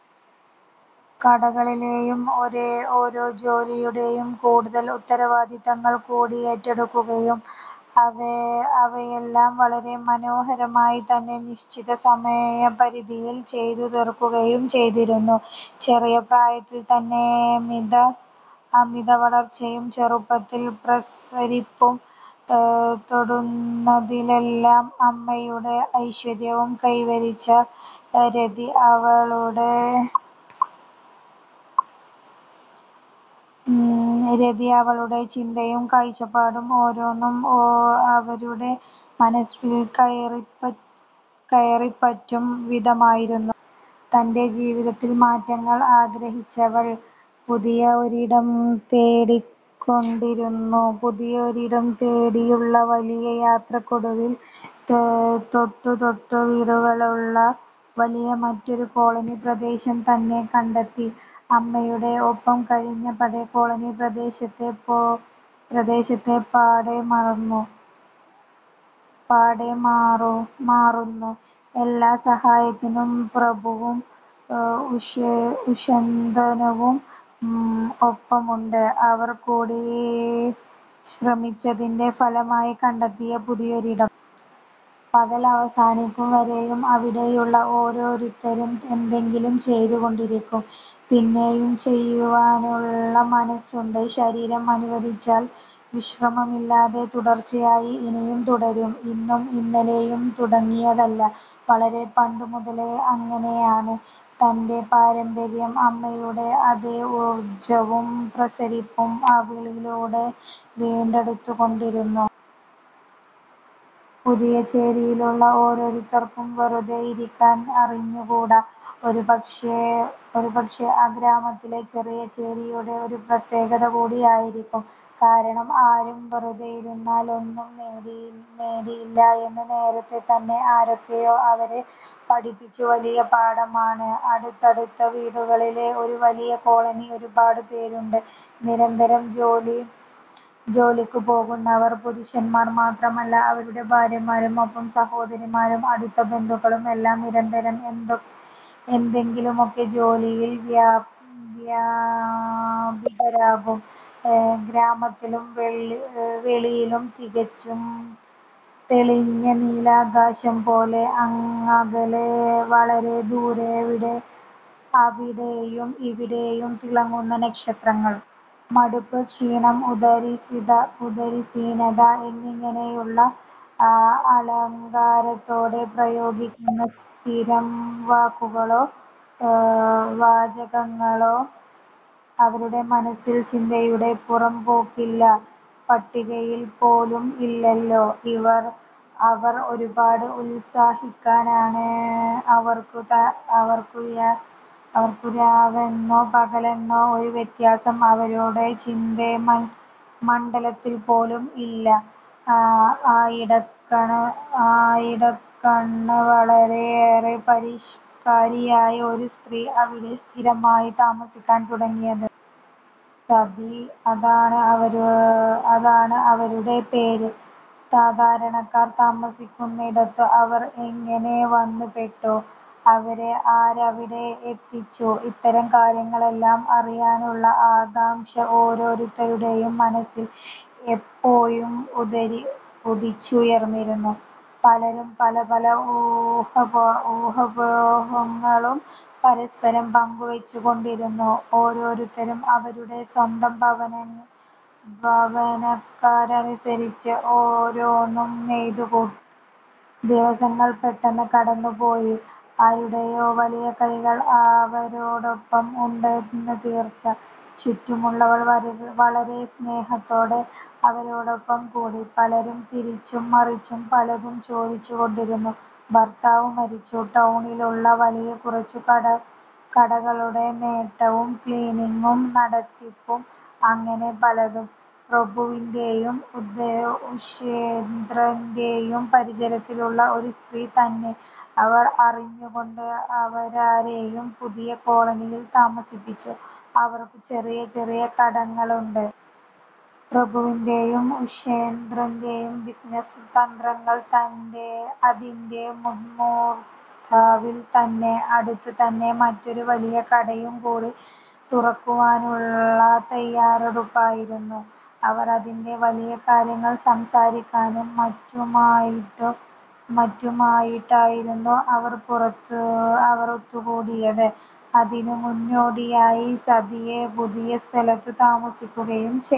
കടകളിലെയും ഓരോ ജോലിയുടെയും കൂടുതൽ ഉത്തരവാദിത്വങ്ങൾകൂടി ഏറ്റെടുക്കുകയും അവയെല്ലാം വളരെ മനോഹരമായി തന്നെ നിശ്ചിത സമയപരിധിയിൽ ചെയ്തു തീർക്കുകയും ചെയ്തിരുന്നു. ചെറിയ പ്രായത്തിൽ തന്നെ അമിത വളർച്ചയും ചെറുപ്പത്തിന്റെ പ്രസരിപ്പും തൊടുന്നതിനെല്ലാം അമ്മയുടെ ഐശ്വര്യവും കൈവരിച്ച രതി അവളുടെ ചിന്തയും കാഴ്ചപ്പാടും ഓരോന്നും ആരുടെയും മനസ്സിൽ കയറിപ്പറ്റും വിധമായിരുന്നു. തന്റെ ജീവിതത്തിൽ മാറ്റങ്ങൾ ആഗ്രഹിച്ചവൾ പുതിയ ഒരിടം തേടിക്കൊണ്ടിരുന്നു. പുതിയ ഒരിടം തേടിയുള്ള വലിയ യാത്രക്കൊടുവിൽ തൊട്ടു തൊട്ടു വീടുകളുള്ള വലിയ മറ്റൊരു കോളനി പ്രദേശം തന്നെ, കണ്ടെത്തി അമ്മയുടെ ഒപ്പം കഴിഞ്ഞ പഴയ കോളനി പ്രദേശത്തെ പാടേ മറന്നു, എല്ലാ സഹായത്തിനും പ്രഭുവും ഉഷേന്ദ്രനും ഒപ്പമുണ്ട്, അവർകൂടി ശ്രമിച്ചതിന്റെ ഫലമായി കണ്ടെത്തിയ പുതിയ ഒരിടം. പകൽ അവസാനിക്കും വരെയും അവിടെയുള്ള ഓരോരുത്തരും എന്തെങ്കിലും ചെയ്തു കൊണ്ടിരിക്കും, പിന്നെയും ചെയ്യുവാനുള്ള മനസ്സ് ഉണ്ട്, ശരീരം അനുവദിച്ചാൽ വിശ്രമമില്ലാതെ തുടർച്ചയായി, ഇനിയും തുടരും. ഇന്നും ഇന്നലെയും തുടങ്ങിയതല്ല, വളരെ പണ്ടു മുതലേ അങ്ങനെയാണ്, തന്റെ പാരമ്പര്യം, അമ്മയുടെ അതേ ഊർജവും പ്രസരിപ്പും അവളിലൂടെ വീണ്ടെടുത്തുകൊണ്ടിരുന്നു. പുതിയ ചേരിയിലുള്ള ഓരോരുത്തർക്കും വെറുതെ ഇരിക്കാൻ അറിഞ്ഞുകൂടാ, ഒരു പക്ഷെ ആ ഗ്രാമത്തിലെ ചെറിയ ചേരിയുടെ ഒരു പ്രത്യേകത കൂടി ആയിരിക്കും, കാരണം ആരും വെറുതെ ഇരുന്നാൽ ഒന്നുംനേടില്ല എന്ന് നേരത്തെ തന്നെ ആരൊക്കെയോ അവരെ പഠിപ്പിച്ച വലിയ പാഠം. അടുത്തടുത്തു വീടുകളുള്ള ഒരു വലിയ കോളനിയിൽ ഒരുപാട് പേരുണ്ട്, നിരന്തരം ജോലിക്ക് പോകുന്നവർ, പുരുഷന്മാർ മാത്രമല്ല അവരുടെ ഭാര്യമാരും ഒപ്പം സഹോദരിമാരും അടുത്ത ബന്ധുക്കളും എല്ലാം നിരന്തരം എന്തെങ്കിലുമൊക്കെ ജോലിയിൽ വ്യാപൃതരാകും ഗ്രാമത്തിലും വെളിയിലും, തികച്ചും തെളിഞ്ഞ നീലാകാശം പോലെ, അങ്ങകലെ വളരെദൂരെ അവിടെയും ഇവിടെയും തിളങ്ങുന്ന നക്ഷത്രങ്ങൾ. മടുപ്പ്, ക്ഷീണം, ഉദാസീനത എന്നിങ്ങനെയുള്ള അലങ്കാരത്തോടെ പ്രയോഗിക്കുന്ന സ്ഥിരം വാക്കുകളോ വാചകങ്ങളോ അവരുടെ മനസ്സിന്റെ ചിന്തയുടെ പുറം പോക്കിലെ പട്ടികയിൽ പോലും ഇല്ലേ ഇല്ല. അവർ ഒരുപാട് ഉത്സാഹികൾ ആണ് അവർക്ക് രാവെന്നോ പകലെന്നോ ഒരു വ്യത്യാസം അവരുടെ ചിന്താ മണ്ഡലത്തിൽ പോലും ഇല്ല. ആയിടക്കാണ് വളരെയേറെ പരിഷ്ക്കാരിയായ ഒരു സ്ത്രീ അവിടെ സ്ഥിരമായി താമസിക്കാൻ തുടങ്ങിയത്. 'സതി ' അതാണ് അവരുടെ പേര്. സാധാരണക്കാർ താമസിക്കുന്നിടത്തു അവർ എങ്ങനെ വന്ന് പെട്ടു, അവരെ ആരവിടെ എത്തിച്ചു ഇത്തരം കാര്യങ്ങൾ എല്ലാം അറിയാനുള്ള ആകാംഷ ഓരോരുത്തരുടെയും മനസ്സിൽ എപ്പോഴും ഉദിച്ചുയർന്നിരുന്നു. പലരും പല പല ഊഹാപോഹങ്ങളും പരസ്പരം പങ്കുവച്ചു കൊണ്ടിരുന്നു. ഓരോരുത്തരും അവരവരുടെ സ്വന്തം ഭാവനക്കനുസരിച്ചു ഓരോന്നും നെയ്തു കൂട്ടി. ദിവസങ്ങൾ പെട്ടെന്ന് കടന്നു പോയി. ആരുടെയോ വലിയ കൈകൾ അവരോടൊപ്പം ഉണ്ട് തീർച്ച, ചുറ്റുമുള്ളവർ വളരെ സ്നേഹത്തോടെ അവരോടൊപ്പം കൂടി. പലരും തിരിച്ചും മറിച്ചും പലതും ചോദിച്ചു കൊണ്ടിരുന്നു. ഭർത്താവ് മരിച്ചു, ടൗണിലുള്ള വലിയ കുറച്ചു കടകളുടെ നോട്ടവും ക്ലീനിങ്ങും നടത്തിപ്പും അങ്ങനെ പലതും. പ്രഭുവിന്റെയും ഉഷേന്ദ്രന്റെയും പരിചയത്തിലുള്ള ഒരു സ്ത്രീ തന്നെ, അവർ അറിഞ്ഞുകൊണ്ട് അവരെയും പുതിയ കോളനിയിൽ താമസിപ്പിച്ചു, അവർക്കും ചെറിയ ചില കടകൾ ഉണ്ട്. പ്രഭുവിന്റെയും, ഉഷേന്ദ്രന്റെയും ബിസിനസ് തന്ത്രങ്ങൾ അതിന്റ മൂർദ്ധാവിൽ തന്നെ, അടുത്തു തന്നെ മറ്റൊരു വലിയ കടയും കൂടി തുടങ്ങുവാനുള്ള തയാറെടുപ്പിൽ ആയിരുന്നു അവർ, അതിന്റ വലിയ കാര്യങ്ങൾ സംസാരിക്കാനും മറ്റുമായിട്ടായിരുന്നു അവർ ഒത്തു കൂടിയത്. അതിനു മുന്നോടിയായി സതിയെ പുതിയ സ്ഥലത്തു താമസിപ്പിക്കുകയും ചെയ്തു.